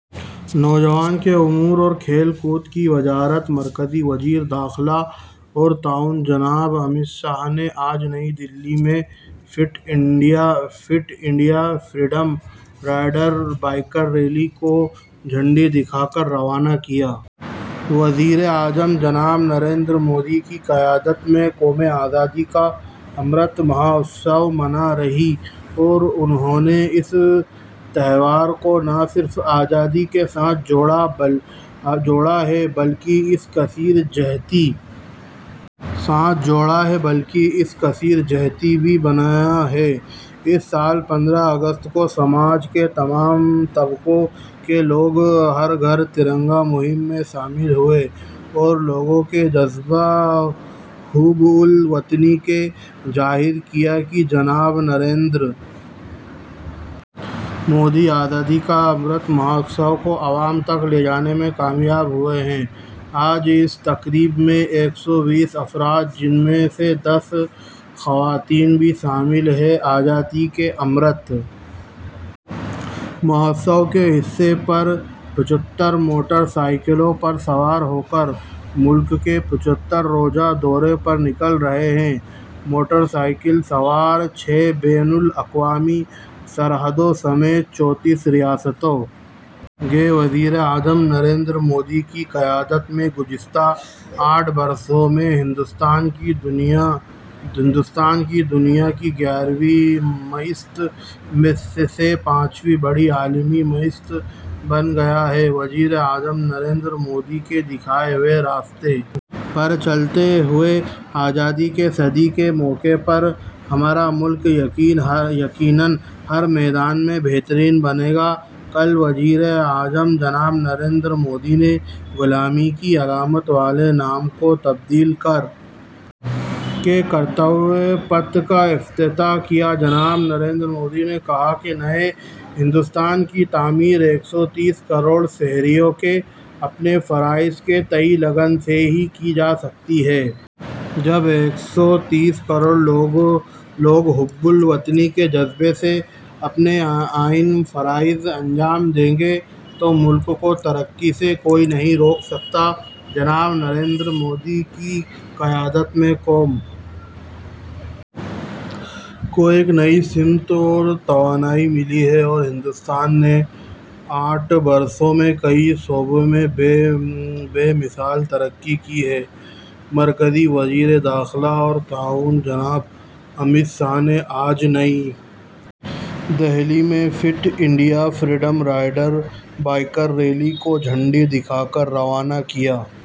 نوجوانوں کے امور اور کھیل کود کی وزارت مرکزی وزیر داخلہ اور تعاون جناب امت شاہ نے آج نئی دہلی میں fit India freedom rider biker rally کو جھنڈی دکھا کر روانہ کیا وزیر اعظم جناب نریندر مودی کی قیادت میں قوم آزادی کا امرت مہوتسو منا رہی ہے اور انہوں نے اس تہوار کو نہ صرف آزادی کے ساتھ جوڑا ہے بلکہ اسے کثیر جہتی بھی بنایا ہے اس سال پندرہ اگست کو سماج کے تمام طبقوں کے لوگ ہر گھر ترنگا مہم میں شامل ہوئے اور لوگوں کے جذبہ حب الوطنی نے ظاہر کیا کہ جناب نریندر مودی آزادی کا امرت مہوتسو کو عوام تک لے جانے میں کامیاب ہوئے ہیں آج کی اس تقریب میں ایک سو بیس افراد جن میں دس خواتین بھی شامل ہیں آزادی کے امرت مہوتسو کے حصے کے طور پر پچھتر موٹر سائیکلوں پر سوار ہو کر ملک کے پچھتر روزہ دورے پر نکل رہے ہیں یہ موٹر سائیکل سوار چھ بین الاقوامی سرحدوں سمیت چونتیس ریاستوں گے وزیر اعظم نریندر مودی کی قیادت میں گزشتہ آٹھ برسوں میں ہندوستان دنیا کی گیارہویں معیشت سے پانچویں بڑی عالمی معیشت بن گیا ہے وزیر اعظم نریندر مودی کے دکھائے ہوئے راستے پر چلتے ہوئے آزادی کی صدی کے موقع پر ہمارا ملک یقیناً ہر میدان میں بہترین بنے گا کل وزیر اعظم جناب نریندر مودی نے غلامی کی علامت والے نام کو تبدیل کر کے کرتویہ پتھ کا افتتاح کیا جناب نریندر مودی نے کہا کہ نئے ہندوستان کی تعمیر ایک سو تیس کروڑ شہریوں کے اپنے فرائض کے تئیں لگن سے ہی کی جا سکتی ہے جب ایک سو تیس کروڑ لوگ حب الوطنی کے جذبے سے اپنے آئینی فرائض انجام دیں گے تو ملک کو ترقی سے کوئی نہیں روک سکتا جناب نریندر مودی کی قیادت میں قوم کو ایک نئی سمت اور توانائی ملی ہے اور ہندوستان نے آٹھ برسوں میں کئی شعبوں میں بے مثال ترقی کی ہے مرکزی وزیر داخلہ اور تعاون جناب امت شاہ نے آج نئی دہلی میں fit India freedom rider biker rally کو جھنڈی دکھا کر روانہ کیا